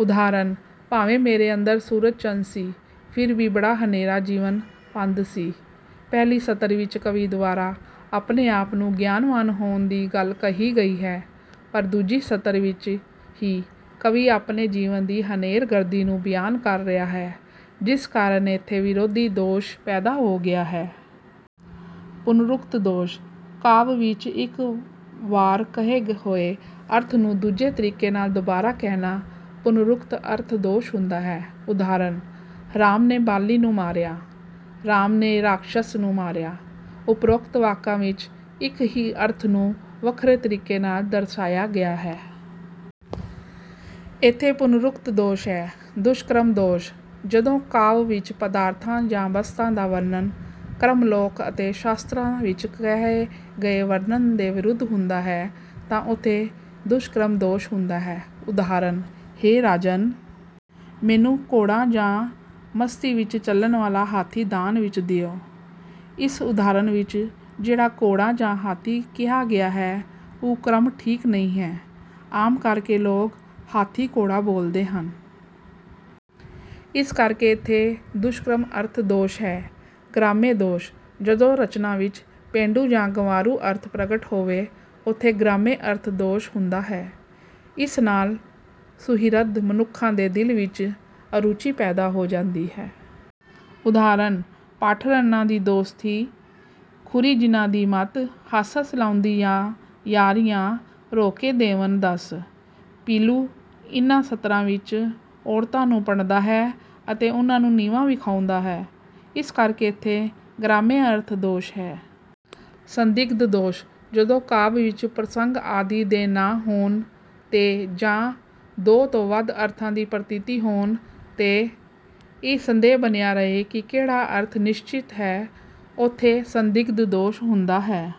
ਉਦਾਹਰਣ- ਭਾਵੇਂ ਮੇਰੇ ਅੰਦਰ ਸੂਰਜ ਚੰਦ ਸੀ, ਫਿਰ ਵੀ ਬੜਾ ਹਨੇਰਾ ਜੀਵਨ ਪੰਧ ਸੀ। ਪਹਿਲੀ ਸਤਰ ਵਿੱਚ ਕਵੀ ਦੁਆਰਾ ਆਪਣੇ ਆਪ ਨੂੰ ਗਿਆਨਵਾਨ ਹੋਣ ਦੀ ਗੱਲ ਕਹੀ ਗਈ ਹੈ ਪਰ ਦੂਜੀ ਸਤਰ ਵਿੱਚ ਹੀ ਕਵੀ ਆਪਣੇ ਜੀਵਨ ਦੀ ਹਨੇਰਗਰਦੀ ਨੂੰ ਬਿਆਨ ਕਰ ਰਿਹਾ ਹੈ, ਜਿਸ ਕਾਰਨ ਇਥੇ ਵਿਰੋਧੀ ਦੋਸ਼ ਪੈਦਾ ਹੋ ਗਿਆ ਹੈ। ਪੁਨਰੁਕਤ ਦੋਸ਼: ਕਾਵਿ ਵਿੱਚ ਇੱਕ ਵਾਰ ਕਹੇ ਹੋਏ ਅਰਥ ਨੂੰ ਦੂਜੇ ਤਰੀਕੇ ਨਾਲ ਦੁਬਾਰਾ ਕਹਿਣਾ ਪੁਨਰੁਕਤ ਅਰਥ ਦੋਸ਼ ਹੁੰਦਾ ਹੈ। ਉਦਾਹਰਣ- ਰਾਮ ਨੇ ਬਾਲੀ ਨੂੰ ਮਾਰਿਆ। ਰਾਮ ਨੇ ਰਾਖਸ਼ਸ ਨੂੰ ਮਾਰਿਆ। ਉਪਰੋਕਤ ਵਾਕਾਂ ਵਿੱਚ ਇੱਕ ਹੀ ਅਰਥ ਨੂੰ ਵੱਖਰੇ ਤਰੀਕੇ ਨਾਲ ਦਰਸਾਇਆ ਗਿਆ ਹੈ। ਇਥੇ ਪੁਨਰੁਕਤ ਦੋਸ਼ ਹੈ। ਦੁਸ਼ਕ੍ਰਮ ਦੋਸ਼: ਜਦੋਂ ਕਾਵਿ ਵਿੱਚ ਪਦਾਰਥਾਂ ਜਾਂ ਵਸਤਾਂ ਦਾ ਵਰਣਨ-ਕ੍ਰਮ ਲੋਕ ਅਤੇ ਸ਼ਾਸਤਰਾਂ ਵਿੱਚ ਕਹੇ ਗਏ ਵਰਣਨ ਦੇ ਵਿਰੁੱਧ ਹੁੰਦਾ ਹੈ ਤਾਂ ਉੱਥੇ ਦੁਸ਼ਕ੍ਰਮ ਦੋਸ਼ ਹੁੰਦਾ ਹੈ। ਉਦਾਹਰਣ- ਹੇ ਰਾਜਨ! ਮੈਨੂੰ ਘੋੜਾ ਜਾਂ ਮਸਤੀ ਵਿੱਚ ਚੱਲਣ ਵਾਲਾ ਹਾਥੀ ਦਾਨ ਵਿੱਚ ਦਿਓ। ਇਸ ਉਦਾਹਰਣ ਵਿੱਚ ਜਿਹੜਾ ਘੋੜਾ ਜਾਂ ਹਾਥੀ ਕਿਹਾ ਗਿਆ ਹੈ, ਉਹ ਕ੍ਰਮ ਠੀਕ ਨਹੀਂ ਹੈ। ਆਮ ਕਰਕੇ ਲੋਕ 'ਹਾਥੀ ਘੋੜਾ' ਬੋਲਦੇ ਹਨ। ਇਸ ਕਰਕੇ ਇੱਥੇ ਦੁਸ਼ਕ੍ਰਮ ਅਰਥ ਦੋਸ਼ ਹੈ। ਗ੍ਰਾਮਯ ਦੋਸ਼: ਜਦੋਂ ਰਚਨਾ ਵਿੱਚ ਪੇਂਡੂ ਜਾਂ ਗੰਵਾਰੂ ਅਰਥ ਪ੍ਰਗਟ ਹੋਵੇ ਉੱਥੇ ਗ੍ਰਾਮਯ ਅਰਥ ਦੋਸ਼ ਹੁੰਦਾ ਹੈ। ਇਸ ਨਾਲ ਸੁਹਿਰਦ ਮਨੁੱਖਾਂ ਦੇ ਦਿਲ ਵਿੱਚ ਅਰੁੱਚੀ ਪੈਦਾ ਹੋ ਜਾਂਦੀ ਹੈ। ਉਦਾਹਰਣ- ਭਠ ਰੰਨਾਂ ਦੀ ਦੋਸਤੀ, ਖ਼ੁਰੀ ਜਿਨ੍ਹਾਂ ਦੀ ਮਤ। ਹੱਸ ਹੱਸ ਲਾਉਂਦੀਆਂ ਯਾਰੀਆਂ, ਰੋ ਕੇ ਦੇਵਣ ਦੱਸ। ਪੀਲੂ ਇਨ੍ਹਾਂ ਸਤਰਾਂ ਵਿੱਚ ਔਰਤ ਨੂੰ ਭੰਡਦਾ ਹੈ ਅਤੇ ਉਨ੍ਹਾਂ ਨੂੰ ਨੀਵਾਂ ਵਿਖਾਉਂਦਾ ਹੈ, ਇਸ ਕਰਕੇ ਇਥੇ ਗ੍ਰਾਮਯ ਅਰਥ ਦੋਸ਼ ਹੈ। ਸੰਦਿਗਧ ਦੋਸ਼: ਜਦੋਂ ਕਾਵਿ ਵਿੱਚ ਪ੍ਰਸੰਗ ਆਦਿ ਦੇ ਨਾ ਹੋਣ 'ਤੇ ਜਾਂ ਦੋ ਤੋਂ ਵੱਧ ਅਰਥਾਂ ਦੀ ਪ੍ਰਤੀਤੀ ਹੋਣ 'ਤੇ ਇਹ ਸੰਦੇਹ ਬਣਿਆ ਰਹੇ ਕਿ ਕਿਹੜਾ ਅਰਥ ਨਿਸ਼ਚਿਤ ਹੈ, ਉੱਥੇ ਸੰਦਿਗਧ ਦੋਸ਼ ਹੁੰਦਾ ਹੈ।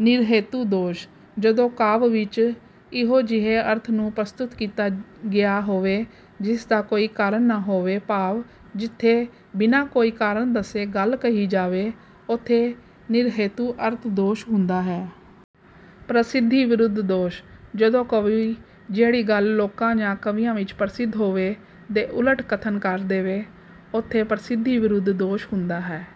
ਨਿਰਹੇਤੂ ਦੋਸ਼: ਜਦੋਂ ਕਾਵਿ ਵਿੱਚ ਇਹੋ ਜਿਹੇ ਅਰਥ ਨੂੰ ਪ੍ਰਸਤੂਤ ਕੀਤਾ ਗਿਆ ਹੋਵੇ ਜਿਸਦਾ ਕੋਈ ਕਾਰਨ ਨਾ ਹੋਵੇ ਭਾਵ ਜਿਥੇ ਬਿਨ੍ਹਾਂ ਕੋਈ ਕਾਰਨ ਦੱਸੇ ਗੱਲ ਕਹੀ ਜਾਵੇ ਉੱਥੇ ਨਿਰਹੇਤੂ ਅਰਥ ਦੋਸ਼ ਹੁੰਦਾ ਹੈ। ਪ੍ਰਸਿੱਧੀਵਿਰੁੱਧ ਦੋਸ਼: ਜਦੋਂ ਕਵੀ ਜਿਹੜੀ ਗੱਲ ਲੋਕਾਂ ਜਾਂ ਕਵੀਆਂ ਵਿੱਚ ਪ੍ਰਸਿੱਧ ਹੋਵੇ, ਦੇ ਉਲਟ ਕਥਨ ਕਰ ਦੇਵੇ, ਉਥੇ 'ਪ੍ਰਸਿੱਧੀਵਿਰੁੱਧ' ਦੋਸ਼ ਹੁੰਦਾ ਹੈ।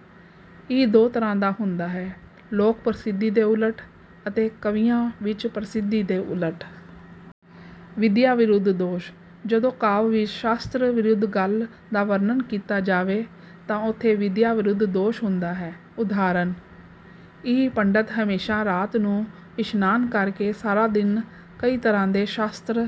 ਇਹ ਦੋ ਤਰ੍ਹਾਂ ਦਾ ਹੁੰਦਾ ਹੈ- ਲੋਕ ਪ੍ਰਸਿੱਧੀ ਦੇ ਉੱਲਟ ਅਤੇ ਕਵੀਆਂ ਵਿੱਚ ਪ੍ਰਸਿੱਧੀ ਦੇ ਉਲਟ। ਵਿਦਿਆ ਵਿਰੁੱਧ ਦੋਸ਼: ਜਦੋਂ ਕਾਵਿ ਵਿੱਚ ਸ਼ਾਸਤਰ ਵਿਰੁੱਧ ਗੱਲ ਦਾ ਵਰਣਨ ਕੀਤਾ ਜਾਵੇ ਤਾਂ ਉਥੇ ਵਿਦਿਆ ਵਿਰੁੱਧ ਦੋਸ਼ ਹੁੰਦਾ ਹੈ। ਉਦਾਹਰਣ- ਇਹ ਪੰਡਤ ਹਮੇਸ਼ਾ ਰਾਤ ਨੂੰ ਇਸ਼ਨਾਨ ਕਰਕੇ ਸਾਰਾ ਦਿਨ ਕਈ ਤਰ੍ਹਾਂ ਦੇ ਸ਼ਾਸਤਰ